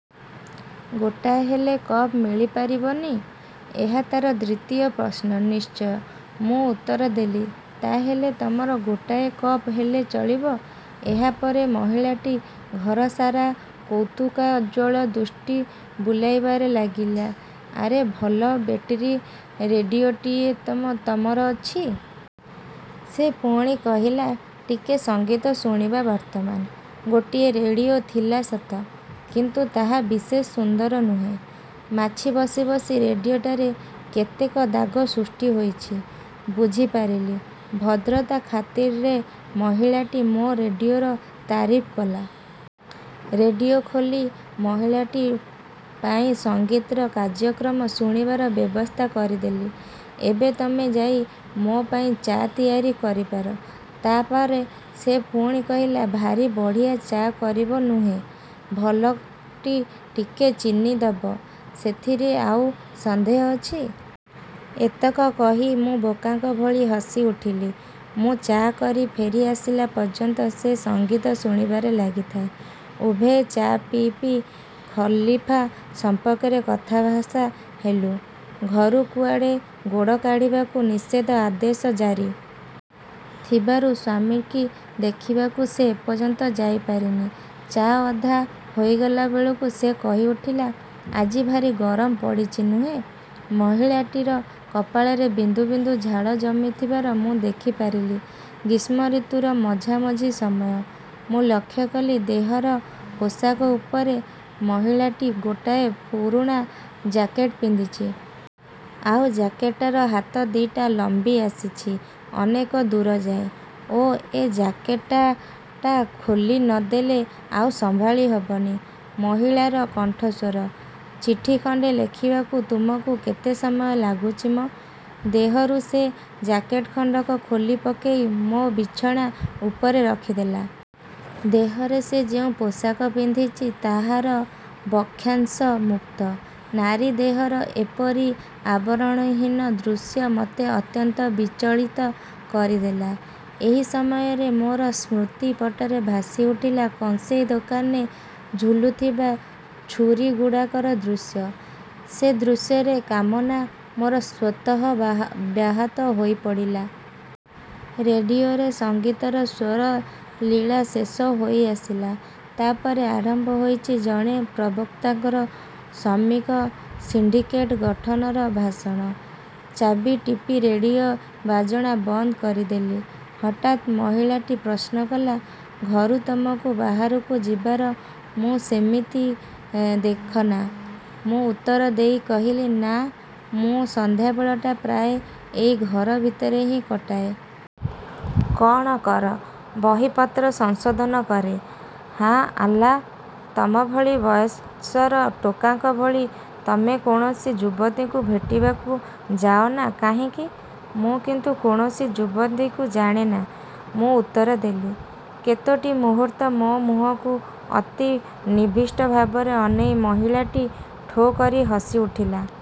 " "ଗୋଟାଏ ହେଲେ କପ୍ ମିଳିପାରିବ ନି? " ଏହା ତାର ଦ୍ଵିତୀୟ ପ୍ରଶ୍ନ। "ନିଶ୍ଚୟ। " ମୁଁ ଉତ୍ତର ଦେଲି। "ତା ହେଲେ ତମର ଗୋଟାଏ କପ୍ ହେଲେ ଚଳିବ। " ଏହାପରେ ମହିଳାଟି ଘରସାରା କୌତୁକୋଜ୍ଜ୍ୱଳ ଦୃଷ୍ଟି ବୁଲେଇବାରେ ଲାଗିଲା। "ଆରେ, ଭଲ ବେଟେରୀ ରେଡ଼ିଓଟିଏତ ତମର ଅଛି। " ସେ ପୁଣି କହିଲା, "ଟିକେ ସଙ୍ଗୀତ ଶୁଣିବା ବର୍ତ୍ତମାନ। " ଗୋଟିଏ ରେଡ଼ିଓ ଥିଲା ସତ, କିନ୍ତୁ ତାହା ବିଶେଷ ସୁନ୍ଦର ନୁହେଁ। ମାଛି ବସି ବସି ରେଡ଼ିଓଟାରେ କେତେକ ଦାଗ ସୃଷ୍ଟି ହୋଇଛି। ବୁଝି ପାରିଲି, ଭଦ୍ରତା ଖାତିରରେ ମହିଳାଟି ମୋ ରେଡ଼ିଓର ତାରିଫ କଲା। ରେଡ଼ିଓ ଖୋଲି ମହିଳାଟି ପାଇଁ ସଙ୍ଗୀତର କାର୍ଯ୍ୟକ୍ରମ ଶୁଣିବାର ବ୍ୟବସ୍ଥା କରିଦେଲି। "ଏବେ ତମେ ଯାଇ ମୋ ପାଇଁ ଚା' ତିଆରି କରିପାର। " ତା ପରେ ସେ ପୁଣି କହିଲା, "ଭାରି ବଢ଼ିଆ ଚା' କରିବ, ନୁହେଁ? ଭଲକରି ଟିକେ ଚିନି ଦବ। " "ସେଥିରେ ଆଉ ସନ୍ଦେହ ଅଛି? " ଏତକ କହି ମୁଁ ବୋକାଙ୍କ ଭଳି ହସି ଉଠିଲି। ମୁଁ ଚା' କରି ଫେରି ଆସିଲା ପର୍ଯ୍ୟନ୍ତ ସେ ସଙ୍ଗୀତ ଶୁଣିବାରେ ଲାଗିଥାଏ। ଉଭୟେ ଚା' ପିଇ ପିଇ ଖଲିଫା ସମ୍ପର୍କରେ କଥାଭାଷା ହେଲୁ। ଘରୁ କୁଆଡ଼େ ଗୋଡ଼ କାଢ଼ିବାକୁ ନିଷେଧ ଆଦେଶ ଜାରି। ଥିବାରୁ ସ୍ୱାମୀକି ଦେଖିବାକୁ ସେ ଏପର୍ଯ୍ୟନ୍ତ ଯାଇ ପାରିନି। ଚା, ଅଧା ହୋଇଗଲାବେଳକୁ ସେ କହି ଉଠିଲା, "ଆଜି ଭାରି ଗରମ ପଡ଼ିଚି, ନୁହେଁ! " ମହିଳାଟିର କପାଳରେ ବିନ୍ଦୁ ବିନ୍ଦୁ ଝାଳ ଜମିଥିବାର ମୁଁ ଦେଖି ପାରିଲି। ଗ୍ରୀଷ୍ମଋତୁର ମଝାମଝି ସମୟ। ମୁଁ ଲକ୍ଷ୍ୟ କଲି ଦେହର ପୋଷାକ ଉପରେ ମହିଳାଟି ଗୋଟାଏ ପୁରୁଣା ଜାକେଟ ପିନ୍ଧିଛି। ଆଉ ଜାକେଟର ହାତ ଦି'ଟା ଲମ୍ବି ଆସିଛି ଅନେକ ଦୂର ଯାଏ। "ଓ, ଏ ଜାକେଟଟା ଖୋଲି ନ ଦେଲେ ଆଉ ସମ୍ଭାଳି ହବନି। " ମହିଳାର କଣ୍ଠସ୍ଵର। "ଚିଠି ଖଣ୍ଡେ ଲେଖିବାକୁ ତମକୁ କେତେ ସମୟ ଲାଗୁଚି ମ? " ଦେହରୁ ସେ ଜାକେଟ ଖଣ୍ଡକ ଖୋଲି ପକେଇ ମୋ ବିଛଣା ଉପରେ ରଖିଦେଲା। ଦେହରେ ସେ ଯେଉଁ ପୋଷାକ ପିନ୍ଧିଛି, ତାହାର ବକ୍ଷାଂଶ ମୁକ୍ତ। ନାରୀ ଦେହର ଏପରି ଆବରଣହୀନ ଦୃଶ୍ୟ ମତେ ଅତ୍ୟନ୍ତ ବିଚଳିତ କରିଦେଲା। ଏହି ସମୟରେ ମୋର ସ୍ମୃତି ପଟରେ ଭାସି ଉଠିଲା କଂସେଇ ଦୋକାନରେ ଝୁଲୁଥିବା ଛୁରିଗୁଡ଼ାକର ଦୃଶ୍ୟ। ସେ ଦୃଶ୍ୟରେ କାମନା ମୋର ସ୍ଵତଃ ବ୍ୟାହତ ହୋଇପଡ଼ିଲା। ରେଡ଼ିଓରେ ସଙ୍ଗୀତର ସ୍ଵର ଲୀଳା ଶେଷ ହୋଇଆସିଲା। ତା'ପରେ ଆରମ୍ଭ ହୋଇଛି ଜଣେ ପ୍ରବକ୍ତାଙ୍କର ଶ୍ରମିକ ସିଣ୍ଡିକେଟ ଗଠନର ଭାଷଣ। ଚାବି ଟିପି ରେଡ଼ିଓ ବାଜଣା ବନ୍ଦ କରିଦେଲି। ହଠାତ୍ ମହିଳାଟି ପ୍ରଶ୍ନ କଲା, "ଘରୁ ତମକୁ ବାହାରକୁ ଯିବାର ମୁଁ ସେମିତି ଦେଖନା। " ମୁଁ ଉତ୍ତର ଦେଇ କହିଲି, "ନା, ମୁଁ ସନ୍ଧ୍ୟାବେଳଟା ପ୍ରାୟ ଏଇ ଘର ଭିତରେ ହିଁ କଟାଏ-। " "କଣ କର? " "ବହିପତ୍ର ସଂଶୋଧନ କରେ। " "ହା ଆଲ୍ଲା, ତମଭଳି ବୟସର ଟୋକାଙ୍କ ଭଳି ତମେ କୌଣସି ଯୁବତୀଙ୍କୁ ଭେଟିବାକୁ ଯାଅ ନା, କାହିଁକି? " "ମୁଁ କିନ୍ତୁ କୌଣସି ଯୁବତୀଙ୍କି–ଜାଣେ ନା। " ମୁଁ ଉତ୍ତର ଦେଲି। କେତୋଟି ମୁହୂର୍ତ୍ତ ମୋ ମୁହଁକୁ ଅତି ନିବିଷ୍ଟ ଭାବରେ ଅନେଇ ମହିଳାଟି ଠୋ କରି ହସି ଉଠିଲା।